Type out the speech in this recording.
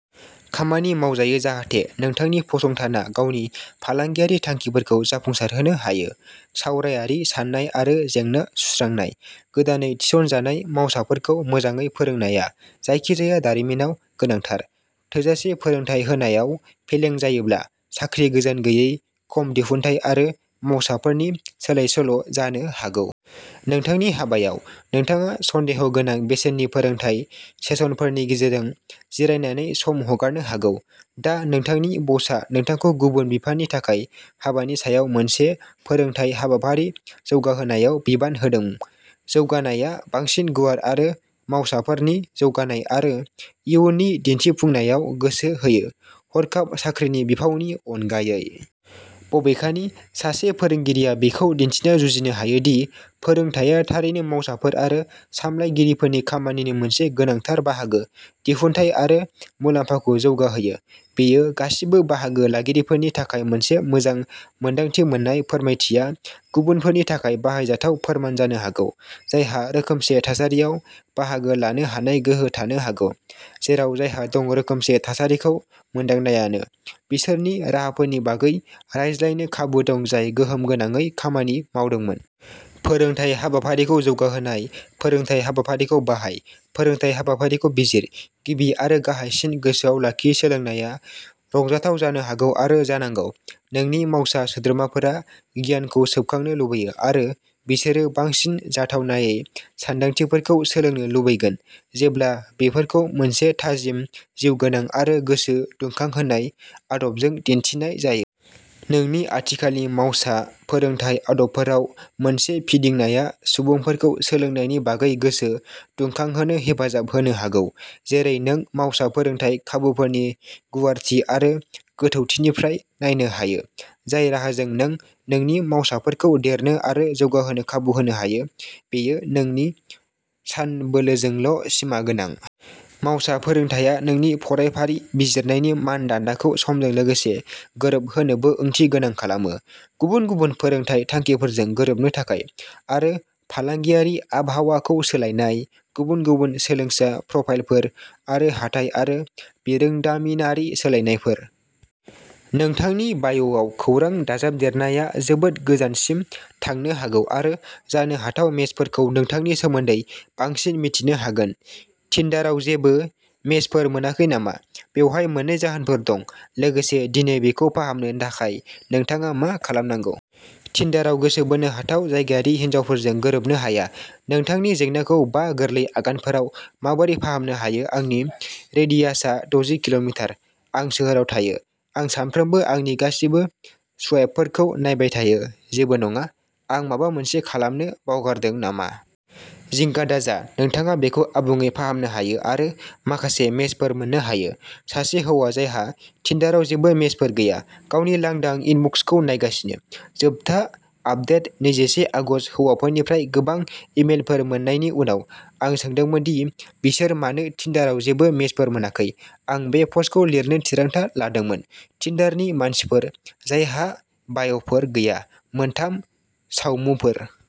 खामानि मावजायो जाहाथे नोंथांनि फसंथाना गावनि फालांगियारि थांखिफोरखौ जाफुंसारहोनो हायो। सावरायारि साननाय आरो जेंना सुस्रांनाय। गोदानै थिसनजानाय मावसाफोरखौ मोजाङै फोरोंनाया जायखिजाया दारिमिनाव गोनांथार। थोजासे फोरोंथाय होनायाव फेलें जायोब्ला साख्रि गोजोन गैयै, खम दिहुनथाइ आरो मावसाफोरनि सोलाय-सोल' जानो हागौ। नोंथांनि हाबायाव, नोंथाङा सन्देहगोनां बेसेननि फोरोंथाय सेसनफोरनि गेजेरजों जिरायनानै सम हगारनो हागौ। दा नोंथांनि बसआ नोंथांखौ गुबुन बिफाननि थाखाय हाबानि सायाव मोनसे फोरोंथाय हाबाफारि जौगाहोनायाव बिबान होदों। जौगानायआ बांसिन गुवार आरो मावसाफोरनि जौगानाय आरो इयुननि दिन्थिफुंनायाव गोसो होयो, हरखाब साख्रिनि बिफावनि अनगायै। बबेखानि, सासे फोरोंगिरिया बेखौ दिन्थिनो जुजिनो हायो दि फोरोंथाया थारैनो मावसाफोर आरो सामलायगिरिफोरनि खामानिनि मोनसे गोनांथार बाहागो। दिहुनथाइ आरो मुलाम्फाखौ जौगाहोयो। बेयो गासिबो बाहागो लागिरिफोरनि थाखाय मोनसे मोजां मोन्दांथि मोन्नाय फोरमायथिया गुबुनफोरनि थाखाय बाहायजाथाव फोरमान जानो हागौ जायहा रोखोमसे थासारियाव बाहागो लानो हानाय गोहो थानो हागौ, जेराव जायहा दं रोखोमसे थासारिखौ मोनदांनायानो बिसोरनि राहाफोरनि बागै रायज्लायनो खाबु दं जाय गोहोम गोनाङै खामानि मावदोंमोन। फोरोंथाय हाबाफारिखौ जौगाहोनाय। फोरोंथाय हाबाफारिखौ बाहाय। फोरोंथाय हाबाफारिखौ बिजिर। गिबि आरो गाहायसिन, गोसोआव लाखि सोलोंनाया रंजाथाव जानो हागौ आरो जानांगौ। नोंनि मावसा सोद्रोमाफोरा गियानखौ सोबखांनो लुबैयो, आरो बिसोरो बांसिन जाथावनायै सानदांथिफोरखौ सोलोंनो लुबैगोन जेब्ला बेफोरखौ मोनसे थाजिम, जिउगोनां आरो गोसो दुंखांहोनाय आदबजों दिन्थिनाय जायो। नोंनि आथिखालनि मावसा फोरोंथाय आदबफोराव मोनसे फिदिंनाया सुबुंफोरखौ सोलोंनायनि बागै गोसो दुंखांहोनो हेफाजाब होनो हागौ। जेरै नों मावसा फोरोंथाय खाबुफोरनि गुवारथि आरो गोथौथिनिफ्राय नायनो हायो, जाय राहाजों नों नोंनि मावसाफोरखौ देरनो आरो जौगाहोनो खाबु होनो हायो बेयो नोंनि सानबोलोजोंल' सिमा गोनां। मावसा फोरोंथाया नोंनि फरायफारि बिजिरनायनि मान दान्दाखौ समजों लोगोसे गोरोब होनोबो ओंथि गोनां खालामो, गुबुन गुबुन फोरोंथाय थांखिफोरजों गोरोबनो थाखाय। आरो फालांगियारि आबहावाखौ सोलायनाय, गुबुन गुबुन सोलोंसा प्रफाइलफोर, आरो हाथाइ आरो बिरोंदामिनारि सोलायनायफोर। नोंथांनि बाय'आव खौरां दाजाबदेरनाया जोबोद गोजानसिम थांनो हागौ आरो जानो हाथाव मेचफोरखौ नोंथांनि सोमोन्दै बांसिन मिथिनो हागोन। टिन्डाराव जेबो मेचफोर मोनाखै नामा? बेवहाय मोननै जाहोनफोर दं, लोगोसे दिनै बेखौ फाहामनो थाखाय नोंथाङा मा खालामनांगौ। टिन्डाराव गोसो बोनो हाथाव जायगायारि हिनजावफोरजों गोरोबनो हाया नोंथांनि जेंनाखौ बा गोरलै आगानफोराव माबोरै फाहामनो हायो आंनि रेडियासआ दजि किल'मिटार। आं सोहोराव थायो। आं सानफ्रोमबो आंनि गासिबो स्वाइपफोरखौ नायबाय थायो। जेबो नङा? आं माबा मोनसे खालामनो बावगारदों नामा? जिंगा दाजा नोंथाङा बेखौ आबुङै फाहामनो हायो आरो माखासे मेचफोर मोननो हायो। सासे हौवा जायहा टिन्डाराव जेबो मेचफोर गैया, गावनि लांदां इनबक्सखौ नायगासिनो। जोबथा आपदेट नैजिसे आगस्त हौवाफोरनिफ्राय गोबां इमेलफोर मोननायनि उनाव, आं सोंदोंमोन दि बिसोर मानो टिन्डाराव जेबो मेचफोर मोनाखै, आं बे पस्टखौ लिरनो थिरांथा लादोंमोन। टिन्डारनि मानसिफोर जायहा बाय'फोर गैया, मोनथाम सावमुफोर।